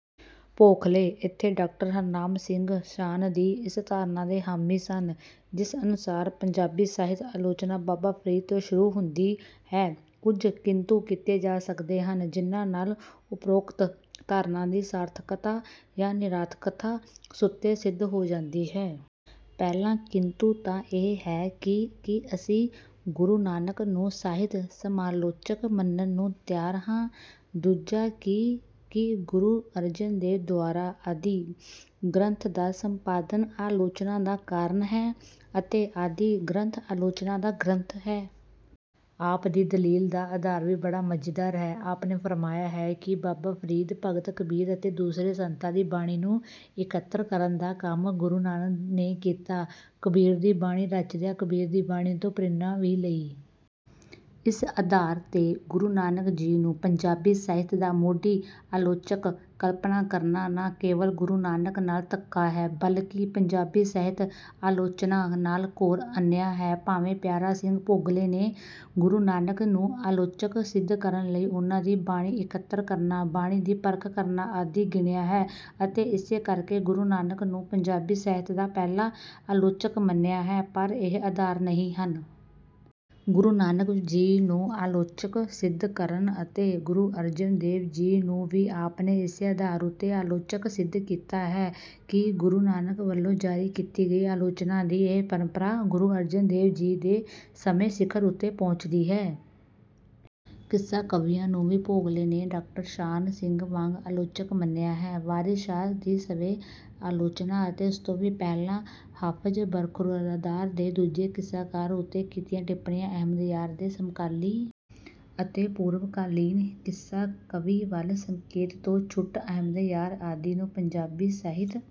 ਭੋਗਲੇ ਇੱਥੇ ਡਾਕਟਰ ਹਰਨਾਮ ਸਿੰਘ ਸ਼ਾਨ ਦੀ ਇਸ ਧਾਰਨਾ ਦੇ ਹਾਮੀ ਸਨ, ਜਿਸ ਅਨੁਸਾਰ ਪੰਜਾਬੀ ਸਾਹਿਤ ਆਲੋਚਨਾ ਬਾਬਾ ਫਰੀਦ ਤੋਂ ਸ਼ੁਰੂ ਹੁੰਦੀ ਹੈ। ਕੁਝ ਕਿੰਤੂ ਕੀਤੇ ਜਾ ਸਕਦੇ ਹਨ, ਜਿਨ੍ਹਾਂ ਨਾਲ ਉਪਰੋਕਤ ਧਾਰਨਾ ਦੀ ਸਾਰਥਕਤਾ ਜਾਂ ਨਿਰਾਰਥਕਤਾ ਸੁਤੇ-ਸਿੱਧ ਹੋ ਜਾਂਦੀ ਹੈ। ਪਹਿਲਾ ਕਿੰਤੂ ਤਾਂ ਇਹ ਹੈ ਕਿ ਕੀ ਅਸੀਂ ਗੁਰੂ ਨਾਨਕ ਨੂੰ ਸਾਹਿਤ ਸਮਾਲੋਚਕ ਮੰਨਣ ਨੂੰ ਤਿਆਰ ਹਾਂ? ਦੂਜਾ ਕਿ ਕੀ ਗੁਰੂ ਅਰਜਨ ਦੇਵ ਦੁਆਰਾ ਆਦਿ ਗ੍ਰੰਥ ਦਾ ਸੰਪਾਦਨ ਆਲੋਚਨਾ ਦਾ ਕਾਰਨ ਹੈ ਅਤੇ ਆਦਿ ਗ੍ਰੰਥ ਆਲੋਚਨਾ ਦਾ ਗ੍ਰੰਥ ਹੈ? ਆਪ ਦੀ ਦਲੀਲ ਦਾ ਆਧਾਰ ਵੀ ਬੜਾ ਮਜ਼ੇਦਾਰ ਹੈ। ਆਪ ਨੇ ਫਰਮਾਇਆ ਹੈ ਕਿ ਬਾਬਾ ਫਰੀਦ, ਭਗਤ ਕਬੀਰ ਅਤੇ ਦੂਸਰੇ ਸੰਤਾਂ ਦੀ ਬਾਣੀ ਨੂੰ ਇਕੱਤਰ ਕਰਨ ਦਾ ਕੰਮ ਗੁਰੂ ਨਾਨਕ ਨੇ ਕੀਤਾ। ਕਬੀਰ ਦੀ ਬਾਣੀ ਰਚਦਿਆਂ ਕਬੀਰ ਦੀ ਬਾਣੀ ਤੋਂ ਪ੍ਰੇਰਨਾ ਵੀ ਲਈ। ਇਸ ਆਧਾਰ 'ਤੇ ਗੁਰੂ ਨਾਨਕ ਜੀ ਨੂੰ ਪੰਜਾਬੀ ਸਾਹਿਤ ਦਾ ਮੋਢੀ ਆਲੋਚਕ ਕਲਪਨਾ ਕਰਨਾ ਨਾ ਕੇਵਲ ਗੁਰੂ ਨਾਨਕ ਨਾਲ ਧੱਕਾ ਹੈ, ਬਲਕਿ ਪੰਜਾਬੀ ਸਾਹਿਤ ਆਲੋਚਨਾ ਨਾਲ ਘੋਰ ਅਨਿਆਂ ਹੈ। ਭਾਵੇਂ ਪਿਆਰਾ ਸਿੰਘ ਭੋਗਲੇ ਨੇ ਗੁਰੂ ਨਾਨਕ ਨੂੰ ਆਲੋਚਕ ਸਿੱਧ ਕਰਨ ਲਈ ਉਹਨਾਂ ਦੀ ਬਾਣੀ ਇਕੱਤਰ ਕਰਨਾ, ਬਾਣੀ ਦੀ ਪਰਖ ਕਰਨਾ ਆਦਿ ਗਿਣਿਆ ਹੈ, ਅਤੇ ਇਸੇ ਕਰਕੇ ਗੁਰੂ ਨਾਨਕ ਨੂੰ ਪੰਜਾਬੀ ਸਾਹਿਤ ਦਾ ਪਹਿਲਾ ਆਲੋਚਕ ਮੰਨਿਆ ਹੈ, ਪਰ ਇਹ ਆਧਾਰ ਨਹੀਂ ਹਨ। ਗੁਰੂ ਨਾਨਕ ਜੀ ਨੂੰ ਆਲੋਚਕ ਸਿੱਧ ਕਰਨ ਅਤੇ ਗੁਰੂ ਅਰਜਨ ਦੇਵ ਜੀ ਨੂੰ ਵੀ ਆਪ ਨੇ ਇਸੇ ਆਧਾਰ ਉੱਤੇ ਆਲੋਚਕ ਸਿੱਧ ਕੀਤਾ ਹੈ ਕਿ ਗੁਰੂ ਨਾਨਕ ਵੱਲੋਂ ਜਾਰੀ ਕੀਤੀ ਗਈ ਆਲੋਚਨਾ ਦੀ ਇਹ ਪ੍ਰੰਪਰਾ ਗੁਰੂ ਅਰਜਨ ਦੇਵ ਜੀ ਦੇ ਸਮੇਂ ਸਿਖਰ ਉੱਤੇ ਪਹੁੰਚਦੀ ਹੈ। ਕਿੱਸਾ ਕਵੀਆਂ ਨੂੰ ਵੀ ਭੋਗਲੇ ਨੇ ਡਾਕਟਰ ਸ਼ਾਨ ਸਿੰਘ ਵਾਂਗ ਆਲੋਚਕ ਮੰਨਿਆ ਹੈ। ਵਾਰਸ ਸ਼ਾਹ ਦੀ ਸਵੈ-ਆਲੋਚਨਾ ਅਤੇ ਉਸ ਤੋਂ ਵੀ ਪਹਿਲਾਂ ਹਾਫ਼ਜ਼ ਬਰਖ਼ੁਰਦਾਰ ਦੇ ਦੂਜੇ ਕਿੱਸਾਕਾਰਾਂ ਉੱਤੇ ਕੀਤੀਆਂ ਟਿੱਪਣੀਆਂ, ਅਹਿਮਦਯਾਰ ਦੇ ਸਮਕਾਲੀ ਅਤੇ ਪੂਰਵਕਾਲੀਨ ਕਿੱਸਾ ਕਾਵਿ ਵੱਲ ਸੰਕੇਤ ਤੋਂ ਛੁੱਟ, ਅਹਿਮਦਯਾਰ ਆਦਿ ਨੂੰ ਪੰਜਾਬੀ ਸਾਹਿਤ